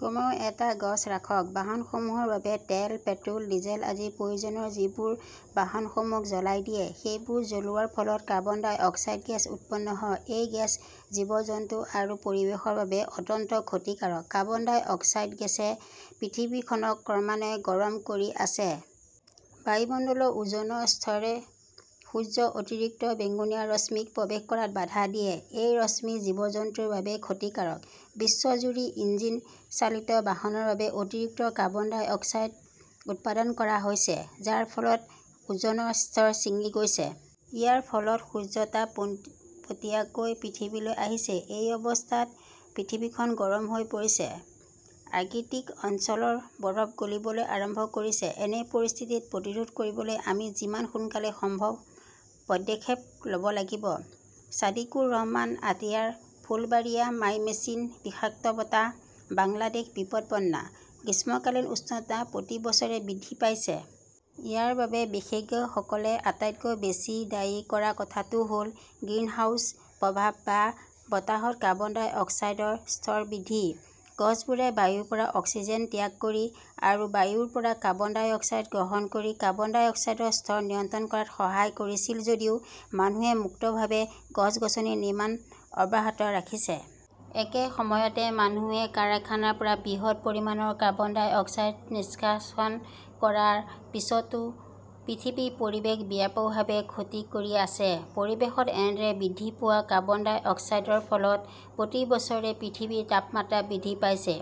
কমেও এটা গছ ৰাখক বাহনসমূহৰ বাবে তেল, পেট্ৰ "ল, ডিজেল আদিৰ প্ৰয়োজন-যিবোৰে বাহনসমূহক জ্বলাই দিয়ে। সেইবোৰ জ্বলোৱাৰ ফলত কাৰ্বন ডাই অক্সাইড গেছ উৎপন্ন হয়। এই গেছ জীৱ-জন্তু আৰু পৰিৱেশৰ বাবে অত্যন্ত ক্ষতিকাৰক। কাৰ্বন ডাই অক্সাইড গেছই পৃথিৱীখনক ক্ৰমান্বয়ে গৰম কৰি আছে। বায়ুমণ্ডলত ওজনৰ স্তৰে সূৰ্যৰ অতিৰিক্ত বেঙুনীয়া ৰশ্মিক প্ৰৱেশ কৰাত বাধা দিয়ে। এই ৰশ্মি জীৱ-জন্তুৰ বাবে ক্ষতিকাৰক। বিশ্বজুৰি ইঞ্জিন চালিত বাহনৰ বাবে অতিৰিক্ত কাৰ্বন ডাই অক্সাইড উৎপাদন কৰা হৈছে, যাৰ ফলত ওজনৰ স্তৰ ছিঙি গৈছে। ইয়াৰ ফলত সূৰ্যৰ তাপ পোনপটীয়াকৈ পৃথিৱীলৈ আহিছে। এই অৱস্থাত পৃথিৱীখন গৰম হৈ পৰিছে। আৰ্কটিক অঞ্চলৰ বৰফ গলিবলৈ আৰম্ভ কৰিছে। এনে পৰিস্থিতি প্ৰতিৰোধ কৰিবলৈ আমি যিমান সোনকালে সম্ভৱ পদক্ষেপ ল "ব লাগিব। ছাদিকুৰ ৰহমান আতিয়াৰ ফুলবাৰিয়া, মাইমেন্সিং বিষাক্ত বতাহ, বাংলাদেশ বিপদাপন্ন " গ্ৰীষ্মকালীন উষ্ণতা প্ৰতি বছৰে বৃদ্ধি পাইছে। ইয়াৰ বাবে বিশেষজ্ঞসকলে আটাইতকৈ বেছি দায়ী কৰা কথাটো হ "ল গ্ৰিনহাউজ প্ৰভাৱ বা বতাহত কাৰ্বন-ডাই অক্সাইডৰ স্তৰ বৃদ্ধি। গছবোৰে বায়ুৰ পৰা অক্সিজেন ত্যাগ কৰি আৰু বায়ুৰ পৰা কাৰ্বন-ডাই অক্সাইড গ্ৰহণ কৰি কাৰ্বন-ডাই অক্সাইডৰ স্তৰ নিয়ন্ত্ৰণ কৰাত সহায় কৰিছিল যদিও মানুহে মুক্তভাৱে গছ-গছনি নিৰ্মাণ অব্যাহত ৰাখিছে। একে সময়তে, মানুহে কাৰখানাৰ পৰা বৃহৎ পৰিমাণৰ কাৰ্বন-ডাই অক্সাইড নিষ্কাশন কৰাৰ পিছতো পৃথিৱীৰ পৰিৱেশক ব্যাপকভাৱে ক্ষতি কৰি আছে। পৰিৱেশত এনেদৰে বৃদ্ধি পোৱা কাৰ্বন-ডাই অক্সাইডৰ ফলত প্ৰতি বছৰে পৃথিৱীৰ তাপমাত্ৰা বৃদ্ধি পাইছে।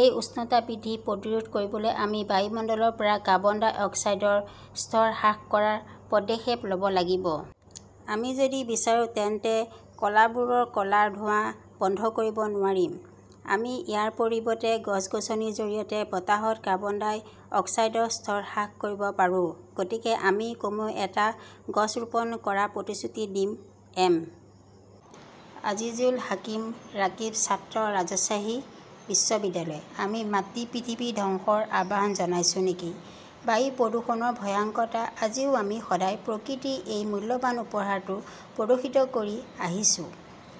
এই উষ্ণতা বৃদ্ধি প্ৰতিৰোধ কৰিবলৈ আমি বায়ুমণ্ডলৰ পৰা কাৰ্বন-ডাই অক্সাইডৰ স্তৰ হ্ৰাস কৰাৰ পদক্ষেপ ল 'ব লাগিব। আমি যদি বিচাৰো তেন্তে কলাবোৰৰ ক 'লা ধোঁৱা বন্ধ কৰিব নোৱাৰিম। আমি ইয়াৰ পৰিৱৰ্তে গছ-গছনিৰ জৰিয়তে বতাহত কাৰ্বন-ডাই অক্সাইডৰ স্তৰ হ্ৰাস কৰিব পাৰোঁ। গতিকে আমি কমেও এটা গছ ৰোপণ কৰাৰ প্ৰতিশ্ৰুতি দিম। এম. আজিজুল হাকিম ৰাকিব, ছাত্ৰ, ৰাজশ্বাহী বিশ্ববিদ্যালয়। আমি মাতৃ পৃথিৱীৰ ধ্বংসৰ আহ্বান জনাইছো নেকি? বায়ু প্ৰদূষণৰ ভয়ংকৰতা জানিও আমি সদায় প্ৰকৃতিৰ এই মূল্যৱান উপহাৰটো প্ৰদূষিত কৰি আহিছো।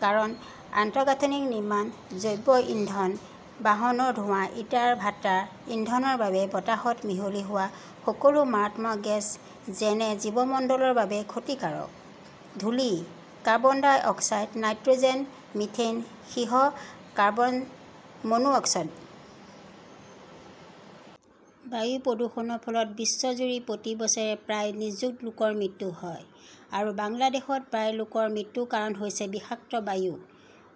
কাৰখানা, আন্তঃগাঁথনি নিৰ্মাণ, জৈৱ ইন্ধন, বাহনৰ ধোঁৱা, ইটাৰ ভাটাৰ ইন্ধনৰ বাবে বতাহত মিহলি হোৱা সকলো মাৰাত্মক গেছ যেনে জীৱমণ্ডলৰ বাবে ক্ষতিকাৰক ধূলি, carbon dioxide, "nitrogen, methane, সীহ, কাৰ্বন মনো অক্সাইড। বায়ু প্ৰদূষণৰ ফলত বিশ্বজুৰি প্ৰতি বছৰে প্ৰায় নিযুত লোকৰ মৃত্যু হয়। আৰু বাংলাদেশত প্ৰায় লোকৰ মৃত্যুৰ কাৰণ হৈছে বিষাক্ত বায়ু।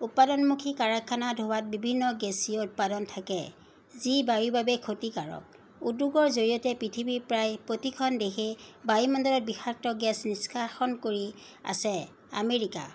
উৎপাদনমুখী কাৰখানাৰ ধোঁৱাত বিভিন্ন গেছীয় উপাদান থাকে যি বায়ুৰ বাবে ক্ষতিকাৰক। উদ্যোগৰ জৰিয়তে পৃথিৱীৰ প্ৰায় প্ৰতিখন দেশে বায়ুমণ্ডলত বিষাক্ত গেছ নিষ্কাশন কৰি আছে। আমেৰিকা